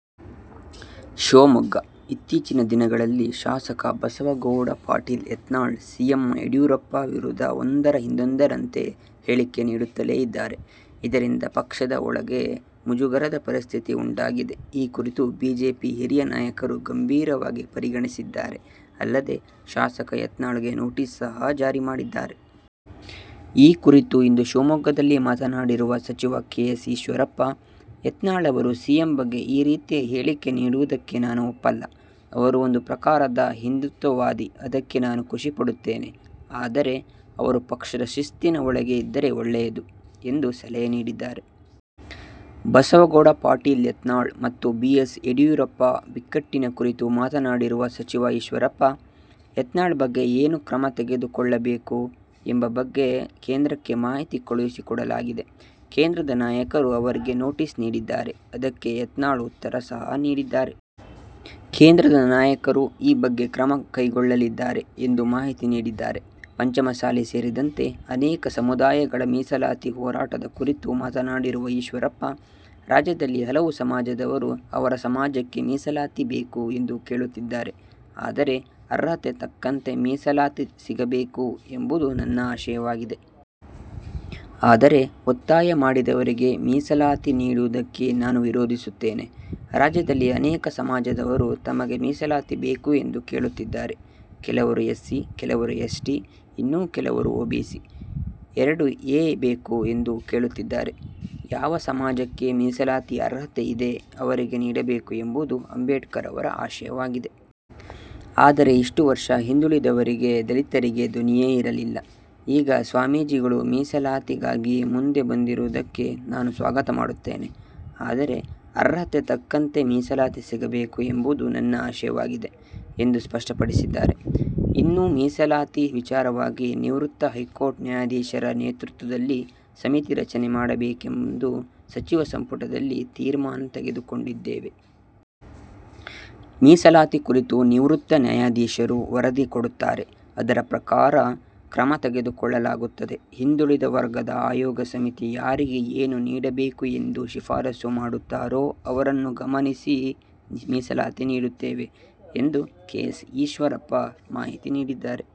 ಶಿವಮೊಗ್ಗ; ಇತ್ತೀಚಿನ ದಿನಗಳಲ್ಲಿ ಶಾಸಕ ಬಸನಗೌಡ ಪಾಟೀಲ್ ಯತ್ನಾಳ್ ಸಿಎಂ ಯಡಿಯೂರಪ್ಪ ವಿರುದ್ದ ಒಂದರ ಹಿಂದೊಂದರಂತೆ ಹೇಳಿಕೆ ನೀಡುತ್ತಲೇ ಇದ್ದಾರೆ. ಇದರಿಂದ ಪಕ್ಷದ ಒಳಗೆ ಮುಜುಗರದ ಪರಿಸ್ಥಿತಿ ಉಂಟಾಗಿದೆ. ಈ ಕುರಿತು ಬಿಜೆಪಿ ಹಿರಿಯ ನಾಯಕರು ಗಂಭೀರವಾಗಿ ಪರಿಗಣಿಸಿದ್ದಾರೆ. ಅಲ್ಲದೆ, ಶಾಸಕ ಯತ್ನಾಳ್ಗೆ ನೊಟೀಸ್ ಸಹ ಜಾರಿ ಮಾಡಿದ್ದಾರೆ. ಈ ಕುರಿತು ಇಂದು ಶಿವಮೊಗ್ಗದಲ್ಲಿ ಮಾತನಾಡಿರುವ ಸಚಿವ ಕೆ. ಎಸ್. ಈಶ್ವರಪ್ಪ, "ಯತ್ನಾಳ್ ಅವರು ಸಿಎಂ ಬಗ್ಗೆ ಈ ರೀತಿಯ ಹೇಳಿಕೆ ನೀಡುವುದಕ್ಕೆ ನಾನು ಒಪ್ಪಲ್ಲ. ಅವರು ಒಂದು ಪ್ರಕಾರದ ಹಿಂದೂತ್ವವಾದಿ ಅದಕ್ಕೆ ನಾನು ಖುಷಿ ಪಡುತ್ತೇನೆ. ಆದರೆ, ಅವರು ಪಕ್ಷದ ಶಿಸ್ತಿನ ಒಳಗೆ ಇದ್ದರೆ ಒಳ್ಳೆಯದು" ಎಂದು ಸಲಹೆ ನೀಡಿದ್ದಾರೆ. ಬಸನಗೌಡ ಪಾಟೀಲ್ ಯತ್ನಾಳ್ ಮತ್ತು ಬಿ. ಎಸ್. ಯಡಿಯೂರಪ್ಪ ಬಿಕ್ಕಟ್ಟಿನ ಕುರಿತು ಮಾತನಾಡಿರುವ ಸಚಿವ ಈಶ್ವರಪ್ಪ, "ಯತ್ನಾಳ್ ಬಗ್ಗೆ ಏನು ಕ್ರಮ ತೆಗೆದು ಕೊಳ್ಳಬೇಕು? ಎಂಬ ಬಗ್ಗೆ ಕೇಂದ್ರಕ್ಕೆ ಮಾಹಿತಿ ಕಳುಹಿಸಿ ಕೊಡಲಾಗಿದೆ. ಕೇಂದ್ರದ ನಾಯಕರು ಅವರಿಗೆ ನೋಟಿಸ್ ನೀಡಿದ್ದಾರೆ. ಅದಕ್ಕೆ ಯತ್ನಾಳ್ ಉತ್ತರ ಸಹ ನೀಡಿದ್ದಾರೆ. ಕೇಂದ್ರದ ನಾಯಕರು ಈ ಬಗ್ಗೆ ಕ್ರಮ ಕೈಗೊಳ್ಳಲಿದ್ದಾರೆ" ಎಂದು ಮಾಹಿತಿ ನೀಡಿದ್ದಾರೆ. ಪಂಚಮಸಾಲಿ ಸೇರಿದಂತೆ ಅನೇಕ ಸಮುದಾಯಗಳ ಮೀಸಲಾತಿ ಹೋರಾಟದ ಕುರಿತು ಮಾತನಾಡಿರುವ ಈಶ್ವರಪ್ಪ, "ರಾಜ್ಯದಲ್ಲಿ ಹಲವು ಸಮಾಜದವರು ಅವರ ಸಮಾಜಕ್ಕೆ ಮೀಸಲಾತಿ ಬೇಕು ಎಂದು ಕೇಳುತ್ತಿದ್ದಾರೆ. ಆದರೆ ಅರ್ಹತೆ ತಕ್ಕಂತೆ ಮೀಸಲಾತಿ ಸಿಗಬೇಕು ಎಂಬುದು ನನ್ನ ಆಶಯವಾಗಿದೆ. ಆದರೆ, ಒತ್ತಾಯ ಮಾಡಿದವರಿಗೆ ಮೀಸಲಾತಿ ನೀಡುವುದಕ್ಕೆ ನಾನು ವಿರೋಧಿಸುತ್ತೇನೆ. ರಾಜ್ಯದಲ್ಲಿ ಅನೇಕ ಸಮಾಜದವರು ತಮಗೆ ಮೀಸಲಾತಿ ಬೇಕು ಎಂದು ಕೇಳುತ್ತಿದ್ದಾರೆ. ಕೆಲವರು ಎಸ್ಸಿ, ಕೆಲವರು ಎಸ್ಟಿ, ಇನ್ನು ಕೆಲವರು ಒಬಿಸಿ, ಎರಡು ಎ ಬೇಕು ಅಂತ ಕೇಳುತ್ತಿದ್ದಾರೆ. ಯಾವ ಸಮಾಜಕ್ಕೆ ಮೀಸಲಾತಿಯ ಅರ್ಹತೆ ಇದೆ ಅವರಿಗೆ ನೀಡಬೇಕು ಎಂಬುದು ಅಂಬೇಡ್ಕರ್ ಅವರ ಆಶಯವಾಗಿದೆ. ಆದರೆ ಇಷ್ಟು ವರ್ಷ ಹಿಂದುಳಿದವರಿಗೆ ದಲಿತರಿಗೆ ಧ್ವನಿಯೇ ಇರಲಿಲ್ಲ. ಈಗ ಸ್ವಾಮೀಜಿಗಳು ಮೀಸಲಾತಿಗಾಗಿ ಮುಂದೆ ಬಂದಿರುವುದಕ್ಕೆ ನಾನು ಸ್ವಾಗತ ಮಾಡುತ್ತೇನೆ. ಆದರೆ, ಅರ್ಹತೆ ತಕ್ಕಂತೆ ಮೀಸಲಾತಿ ಸಿಗಬೇಕು ಎಂಬುದು ನನ್ನ ಆಶಯವಾಗಿದೆ" ಎಂದು ಸ್ಪಷ್ಟಪಡಿಸಿದ್ದಾರೆ. "ಇನ್ನು ಮೀಸಲಾತಿ ವಿಚಾರವಾಗಿ ನಿವೃತ್ತ ಹೈಕೋರ್ಟ್ ನ್ಯಾಯಾಧೀಶರ ನೇತೃತ್ವದಲ್ಲಿ ಸಮಿತಿ ರಚನೆ ಮಾಡಬೇಕೆಂದು ಸಚಿವ ಸಂಪುಟದಲ್ಲಿ ತೀರ್ಮಾನ ತೆಗೆದು ಕೊಂಡಿದ್ದೇವೆ. ಮೀಸಲಾತಿ ಕುರಿತು ನಿವೃತ್ತ ನ್ಯಾಯಾಧೀಶರು ವರದಿ ಕೊಡುತ್ತಾರೆ. ಅದರ ಪ್ರಕಾರ ಕ್ರಮ ತೆಗೆದು ಕೊಳ್ಳಲಾಗುತ್ತದೆ. ಹಿಂದುಳಿದ ವರ್ಗದ ಆಯೋಗ ಸಮಿತಿ ಯಾರಿಗೆ ಏನು ನೀಡಬೇಕು ಎಂದು ಶಿಫಾರಸು ಮಾಡುತ್ತಾರೋ ಅದನ್ನು ಗಮನಿಸಿ ಮೀಸಲಾತಿ ನೀಡುತ್ತೇವೆ" ಎಂದು ಸಚಿವ ಕೆ. ಎಸ್. ಈಶ್ವರಪ್ಪ ಮಾಹಿತಿ ನೀಡಿದ್ದಾರೆ.